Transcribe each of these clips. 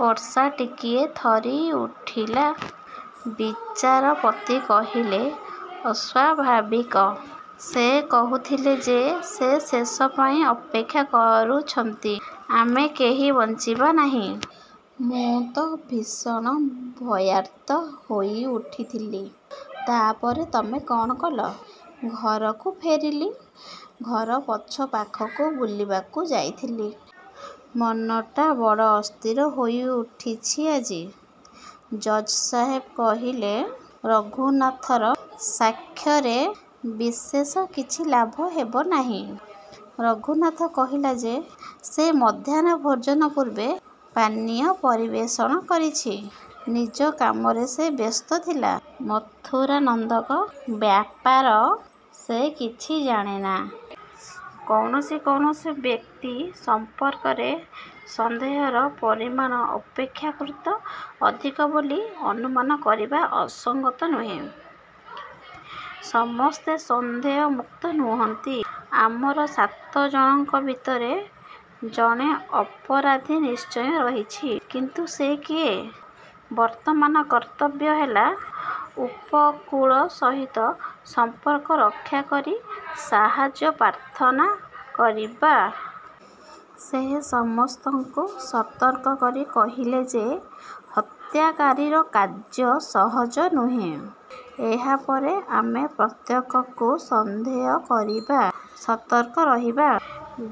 ବର୍ଷା ଟିକିଏ ଥରିଉଠିଲା। ବିଚାରପତି କହିଲେ, ଅସ୍ଵାଭାବିକ? ସେ କହୁଥିଲେ ଯେ ସେ ଶେଷ ପାଇଁ ଅପେକ୍ଷା କରୁଛନ୍ତି, ଆମେ କେହି ବଞ୍ଚିବା ନାହିଁ। ମୁଁ ତ ଭୀଷଣ ଭୟାର୍ତ୍ତ ହୋଇଉଠିଥିଲି। ତା ପରେ ତମେ କ'ଣ କଲ? ଘରକୁ ଫେରିଲି। ଘର ପଛପାଖକୁ ବୁଲିବାକୁ ଯାଇଥିଲି। ମନଟା ବଡ଼ ଅସ୍ଥିର ହୋଇଉଠିଛି ଆଜି। ଜଜ୍ ସାହେବ କହିଲେ, ରଘୁନାଥର ସାକ୍ଷ୍ୟରେ ବିଶେଷ କିଛି ଲାଭ ହେବ ନାହିଁ। ରଘୁନାଥ କହିଲା ଯେ ସେ ମଧ୍ୟାହ୍ନ ଭୋଜନ ପୂର୍ବେ ପାନୀୟ ପରିବେଷଣ କରିଛି। ନିଜ କାମରେ ସେ ବ୍ୟସ୍ତ ଥିଲା। ମଥୁରାନନ୍ଦଙ୍କ ବ୍ୟାପାର ସେ କିଛି ଜାଣେନା। କୌଣସି କୌଣସି ବ୍ୟକ୍ତି ସମ୍ପର୍କରେ ସନ୍ଦେହର ପରିମାଣ ଅପେକ୍ଷାକୃତ ଅଧିକ ବୋଲି ଅନୁମାନ କରିବା ଅସଙ୍ଗତ ନୁହେଁ। ସମସ୍ତେ ସନ୍ଦେହମୁକ୍ତ ନୁହନ୍ତି। ଆମର ସାତ ଜଣଙ୍କ ଭିତରେ ଜଣେ ଅପରାଧୀ ନିଶ୍ଚୟ ରହିଛି। କିନ୍ତୁ ସେ କିଏ? ବର୍ତ୍ତମାନ କର୍ତ୍ତବ୍ୟ ହେଲା ଉପକୂଳ ସହିତ ସମ୍ପର୍କ ରକ୍ଷା କରି ସାହାଯ୍ୟ ପ୍ରାର୍ଥନା କରିବା। ସେ ସମସ୍ତଙ୍କୁ ସତର୍କ କରି କହିଲେ ଯେ ହତ୍ୟାକାରୀର କାର୍ଯ୍ୟ ସହଜ ନୁହେଁ। ଏହା ପରେ ଆମେ ପ୍ରତ୍ୟେକକୁ ସନ୍ଦେହ କରିବା। ସତର୍କ ରହିବା।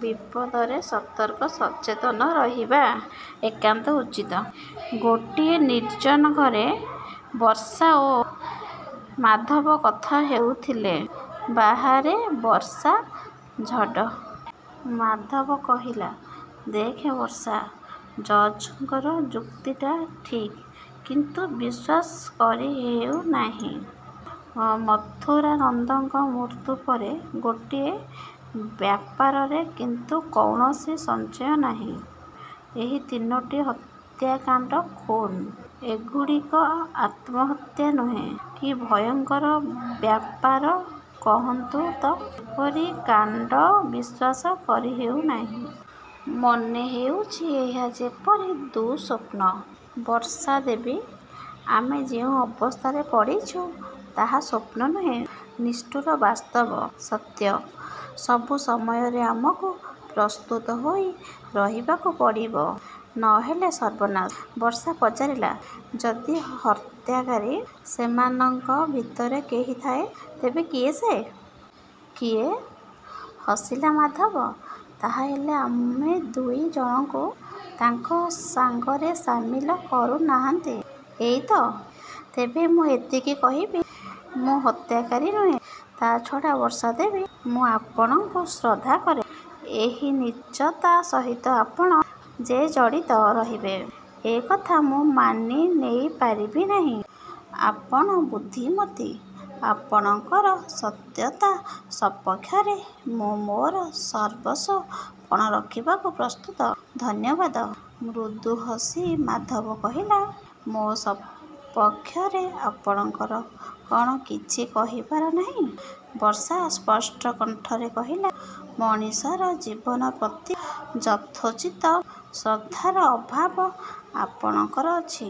ବିପଦରେ ସତର୍କ ସଚେତନ ରହିବା ଏକାନ୍ତ ଉଚିତ। ଗୋଟିଏ ନିର୍ଜନ ଘରେ ବର୍ଷା ଓ ମାଧବ କଥା ହେଉଥିଲେ। ବାହାରେ ବର୍ଷା, ଝଡ଼। ମାଧବ କହିଲା, ଦେଖ ବର୍ଷା, ଜଜ୍ ଙ୍କର ଯୁକ୍ତିଟା ଠିକ୍, କିନ୍ତୁ ବିଶ୍ଵାସ କରିହେଉନାହିଁ। ମଥୁରାନନ୍ଦଙ୍କ ମୃତ୍ୟୁ ପରେ ଗୋଟିଏ ବ୍ୟାପାରରେ କିନ୍ତୁ କୌଣସି ସଂଶୟ ନାହିଁ, ଏହି ତିନୋଟି ହତ୍ୟାକାଣ୍ଡ ଖୁନ୍। ଏଗୁଡ଼ିକ ଆତ୍ମହତ୍ୟା ନୁହେଁ। କି ଭୟଙ୍କର ବ୍ୟାପାର କହନ୍ତୁ ତ! ଏପରି କାଣ୍ଡ ବିଶ୍ୱାସ କରିହେଉନାହିଁ। ମନେହେଉଛି ଏହା ଯେପରି ଦୁଃସ୍ୱପ୍ନ। ବର୍ଷା ଦେବୀ, ଆମେ ଯେଉଁ ଅବସ୍ଥାରେ ପଡ଼ିଛୁ ତାହା ସ୍ୱପ୍ନ ନୁହେଁ, ନିଷ୍ଠୁର ବାସ୍ତବ, ସତ୍ୟ। ସବୁ ସମୟରେ ଆମକୁ ପ୍ରସ୍ତୁତ ହୋଇ ରହିବାକୁ ପଡ଼ିବ। ନ ହେଲେ ସର୍ବନାଶ। ବର୍ଷା ପଚାରିଲା, ଯଦି ହତ୍ୟାକାରୀ ସେମାନଙ୍କ ଭିତରେ କେହି ଥାଏ, ତେବେ କିଏ ସେ? କିଏ? ହସିଲା ମାଧବ, ତାହା ହେଲେ ଆମେ ଦୁଇ ଜଣଙ୍କୁ ତାଙ୍କ ସାଙ୍ଗରେ ସାମିଲ କରୁନାହାନ୍ତି, ଏଇ ତ! ତେବେ ମୁଁ ଏତିକି କହିବି, ମୁଁ ହତ୍ୟାକାରୀ ନୁହେଁ। ତା ଛଡ଼ା ବର୍ଷା ଦେବୀ, ମୁଁ ଆପଣଙ୍କୁ ଶ୍ରଦ୍ଧା କରେ। ଏହି ନୀଚତା ସହିତ ଆପଣ ଯେ ଜଡ଼ିତ ରହିବେ ଏ କଥା ମୁଁ ମାନିନେଇପାରିବି ନାହିଁ। ଆପଣ ବୁଦ୍ଧିମତୀ, ଆପଣଙ୍କର ସତ୍ୟତା ସପକ୍ଷରେ ମୁଁ ମୋର ସର୍ବସ୍ୱ ପଣ ରଖିବାକୁ ପ୍ରସ୍ତୁତ। ଧନ୍ୟବାଦ। ମୃଦୁ ହସି ମାଧବ କହିଲା, ମୋ ସପକ୍ଷରେ ଆପଣଙ୍କର କ'ଣ କିଛି କହିବାର ନାହିଁ? ବର୍ଷା ସ୍ପଷ୍ଟ କଣ୍ଠରେ କହିଲା, ମଣିଷର ଜୀବନ ପ୍ରତି ଯଥୋଚିତ ଶ୍ରଦ୍ଧାର ଅଭାବ ଆପଣଙ୍କର ଅଛି।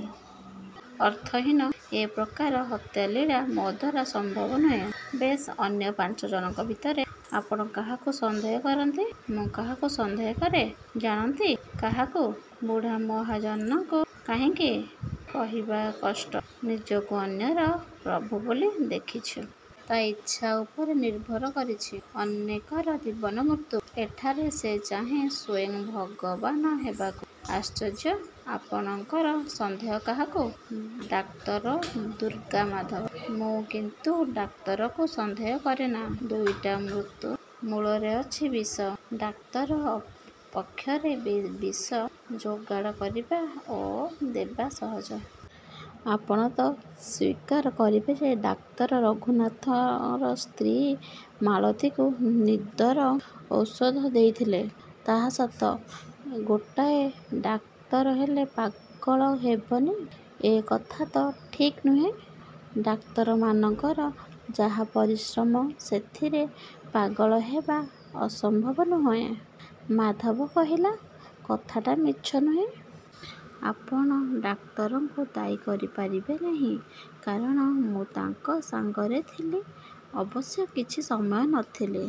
ଅର୍ଥହୀନ ଏ ପ୍ରକାର ହତ୍ୟାଲୀଳା ମୋ ଦ୍ଵାରା ସମ୍ଭବ ନୁହେଁ। ବେଶ୍, ଅନ୍ୟ ପାଞ୍ଚ ଜଣଙ୍କ ଭିତରେ ଆପଣ କାହାକୁ ସନ୍ଦେହ କରନ୍ତି? ମୁଁ କାହାକୁ ସନ୍ଦେହ କରେ, ଜାଣନ୍ତି? କାହାକୁ? ବୁଢ଼ା ମହାଜନକୁ। କାହିଁକି? କହିବା କଷ୍ଟ। ନିଜକୁ ଅନ୍ୟର ପ୍ରଭୁ ବୋଲି ଦେଖିଛି। ତା ଇଚ୍ଛା ଉପରେ ନିର୍ଭର କରିଛି ଅନେକର ଜୀବନ ମୃତ୍ୟୁ। ଏଠାରେ ସେ ଚାହେଁ ସ୍ୱୟଂ ଭଗବାନ ହେବାକୁ। ଆଶ୍ଚର୍ଯ୍ୟ! ଆପଣଙ୍କର ସନ୍ଦେହ କାହାକୁ? ଡାକ୍ତର ଦୁର୍ଗାମାଧବ। ମୁଁ କିନ୍ତୁ ଡାକ୍ତରକୁ ସନ୍ଦେହ କରେନା। ଦୁଇଟା ମୃତ୍ୟୁ ମୂଳରେ ଅଛି ବିଷ। ଡାକ୍ତର ପକ୍ଷରେ ବି ବିଷ ଯୋଗାଡ଼ କରିବା ଓ ଦେବା ସହଜ। ଆପଣ ତ ସ୍ୱୀକାର କରିବେ ଯେ ଡାକ୍ତର ରଘୁନାଥର ସ୍ତ୍ରୀ ମାଳତୀକୁ ନିଦର ଔଷଧ ଦେଇଥିଲେ। ତାହା ସତ। ଗୋଟାଏ ଡାକ୍ତର ହେଲେ ପାଗଳ ହେବନି ଏ କଥା ତ ଠିକ୍ ନୁହେଁ। ଡାକ୍ତରମାନଙ୍କର ଯାହା ପରିଶ୍ରମ ସେଥିରେ ପାଗଳ ହେବା ଅସମ୍ଭବ ନୁହେଁ। ମାଧବ କହିଲା, କଥାଟା ମିଛ ନୁହେଁ। ଆପଣ ଡାକ୍ତରଙ୍କୁ ଦାୟୀ କରିପାରିବେ ନାହିଁ, କାରଣ ମୁଁ ତାଙ୍କ ସାଙ୍ଗରେ ଥିଲି। ଅବଶ୍ୟ କିଛି ସମୟ ନ ଥିଲି।